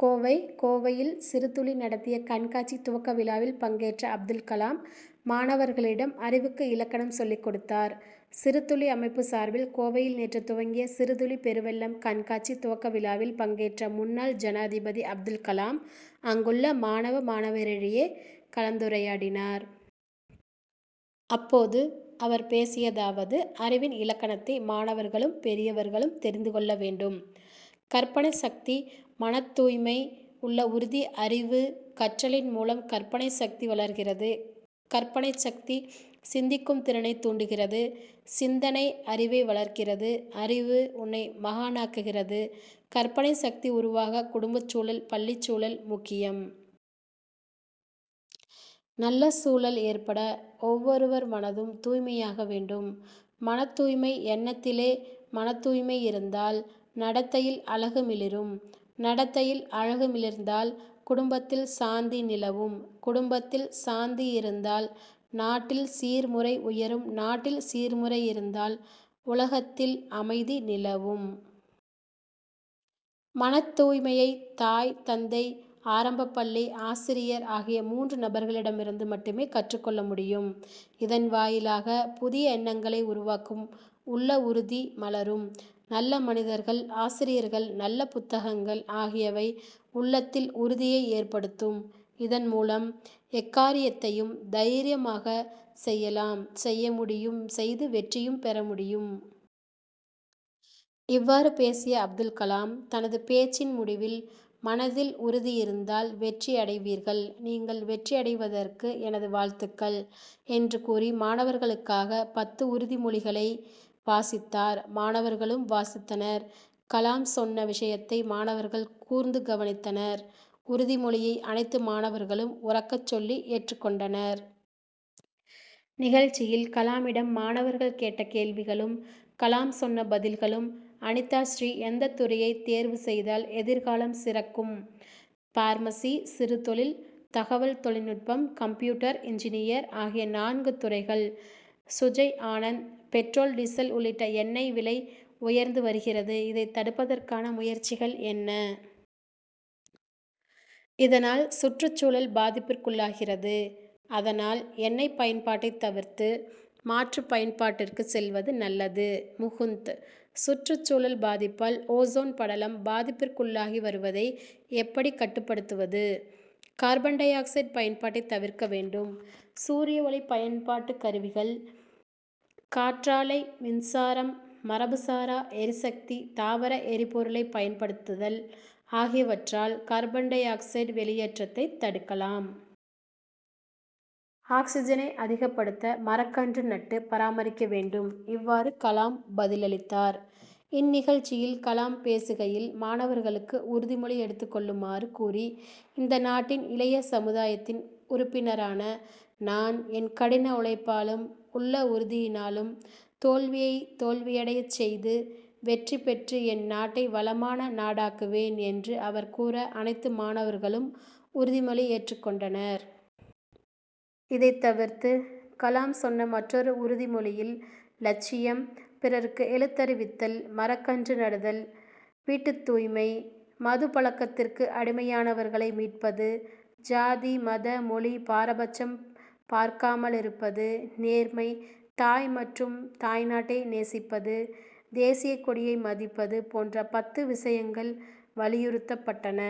கோவை கோவையில் சிறுதுளி நடத்திய கண்காட்சி துவக்க விழாவில் பங்கேற்ற அப்துல் கலாம், மாணவர்களிடம் அறிவுக்கு இலக்கணம் சொல்லிக் கொடுத்தார். சிறுதுளி அமைப்பு சார்பில் கோவையில் நேற்று துவங்கிய சிறுதுளி பெருவெள்ளம்' கண்காட்சி துவக்க விழாவில் பங்கேற்ற முன்னாள் ஜனாதிபதி அப்துல் கலாம், அங்குள்ள மாணவ, மாணவியரிடையே கலந்துரையாடினார். அப்போது அவர் பேசியதாவது: அறிவின் இலக்கணத்தை மாணவர்களும், பெரியவர்களும் தெரிந்து கொள்ள வேண்டும். கற்பனை சக்தி மனத்தூய்மை உள்ள உறுதி அறிவு. கற்றலின் மூலம் கற்பனை சக்தி வளர்கிறது கற்பனை சக்தி, சிந்திக்கும் திறனை தூண்டுகிறது; சிந்தனை, அறிவை வளர்க்கிறது; அறிவு உன்னை மகானாக்குகிறது. கற்பனை சக்தி உருவாக குடும்பச்சூழல், பள்ளிச் சூழல் முக்கியம். நல்ல சூழல் ஏற்பட, ஒவ்வொருவர் மனதும் தூய்மையாக வேண்டும். மனத்தூய்மை எண்ணத்திலே மனத்தூய்மை இருந்தால் நடத்தையில் அழகு மிளிரும் நடத்தையில் அழகு மிளிர்ந்தால், குடும்பத்தில் சாந்தி நிலவும்; குடும்பத்தில் சாந்தி இருந்தால், நாட்டில் சீர் முறை உயரும் நாட்டில் சீர்முறை இருந்தால் உலகத்தில் அமைதி நிலவும். மனத்தூய்மையை தாய், தந்தை, ஆரம்பப்பள்ளி ஆசிரியர் ஆகிய மூன்று நபர்களிடமிருந்து மட்டுமே கற்றுக் கொள்ள முடியும். இதன் வாயிலாக புதிய எண்ணங்களை உருவாக்கும் உள்ள உறுதி மலரும். நல்ல மனிதர்கள், ஆசிரியர்கள், நல்ல புத்தகங்கள் ஆகியவை உள்ளத்தில் உறுதியை ஏற்படுத்தும், இதன் மூலம் எக்காரியத்தையும் தைரியமாக செய்யலாம் செய்ய முடியும் செய்து வெற்றியும் பெற முடியும். இவ்வாறு பேசிய அப்துல்கலாம், தனது பேச்சின் முடிவில், மனதில் உறுதி இருந்தால், வெற்றி அடைவீர்கள். நீங்கள் வெற்றி அடைவதற்கு எனது வாழ்த்துக்கள்' என்று கூறி மாணவர்களுக்காக பத்து உறுதி மொழிகளை வாசித்தார். மாணவர்களும் வாசித்தனர். கலாம் சொன்ன விஷயத்தை மாணவர்கள் கூர்ந்து கவனித்தனர். உறுதி மொழியை அனைத்து மாணவர்களும் உரக்கச் சொல்லி ஏற்றுக்கொண்டனர். நிகழ்ச்சியில் கலாமிடம் மாணவர்கள் கேட்ட கேள்விகளும், கலாம் சொன்ன பதில்களும் அனிதாஸ்ரீ எந்த துறையை தேர்வு செய்தால் எதிர் காலம் சிறக்கும்? பார்மஸி, சிறுதொழில், தகவல் தொழில்நுட்பம், கம்ப்யூட்டர் இன்ஜினியர் ஆகிய நான்கு துறைகள். சுஜய் ஆனந்த்: பெட்ரோல் டீசல் உள்ளிட்ட எண்ணெய் விலை உயர்ந்து வருகிறது; இதைத் தடுப்பதற்கான முயற்சிகள் என்ன? இதனால் சுற்றுச்சூழல் பாதிப்பிற்குள்ளாகிறது. அதனால் எண்ணெய் பயன்பாட்டை தவிர்த்து மாற்று பயன்பாட்டிற்கு செல்வது நல்லது. முகுந்த்: சுற்றுச்சூழல் பாதிப்பால் ஓசோன் படலம் பாதிப்பிற்குள்ளாகி வருவதை எப்படி கட்டுப்படுத்துவது? கார்பன் டை ஆக்சைடு பயன்பாட்டை தவிர்க்க வேண்டும். சூரியஒளி பயன்பாட்டு கருவிகள், காற்றாலை மின்சாரம், மரபுசாரா எரிசக்தி, தாவர எரிபொருளை பயன் படுத்துதல் ஆகியவற்றால் கார்பன் டை ஆக்சைடு வெளியேற்றத்தை தடுக்கலாம். ஆக்சிஜனை அதிகப்படுத்த மரக்கன்று நட்டு பராமரிக்க வேண்டும். இவ்வாறு, கலாம் பதிலளித்தார். இந்நிகழ்ச்சியில் கலாம் பேசுகையில், மாணவர்களுக்கு உறுதிமொழி எடுத்துக்கொள்ளுமாறு கூறி, இந்த நாட்டின் இளைய சமுதாயத்தின் உறுப்பினரான நான், என் கடின உழைப்பாலும் உள்ள உறுதியினாலும், தோல்வியை தோல்வியடையச் செய்து, வெற்றி பெற்று என் நாட்டை வளமான நாடாக்குவேன், என்று அவர் கூற, அனைத்து மாணவர்களும் உறுதிமொழி ஏற்றுக்கொண்டனர். இதைத் தவிர்த்து, கலாம் சொன்ன மற்றொரு உறுதிமொழியில், லட்சியம், பிறருக்கு எழுத்தருவித்தல், மரக்கன்று நடுதல், வீட்டுத்தூய்மை, மதுப்பழக்கத்திற்கு அடிமையானவர்களை மீட்பது, ஜாதி, மத, மொழி பாரபட்சம் பார்க்காமலிருப்பது, நேர்மை, தாய் மற்றும் தாய்நாட்டை நேசிப்பது, தேசியக்கொடியை மதிப்பது' போன்ற பத்து விஷயங்கள் வலியுறுத்தப்பட்டன.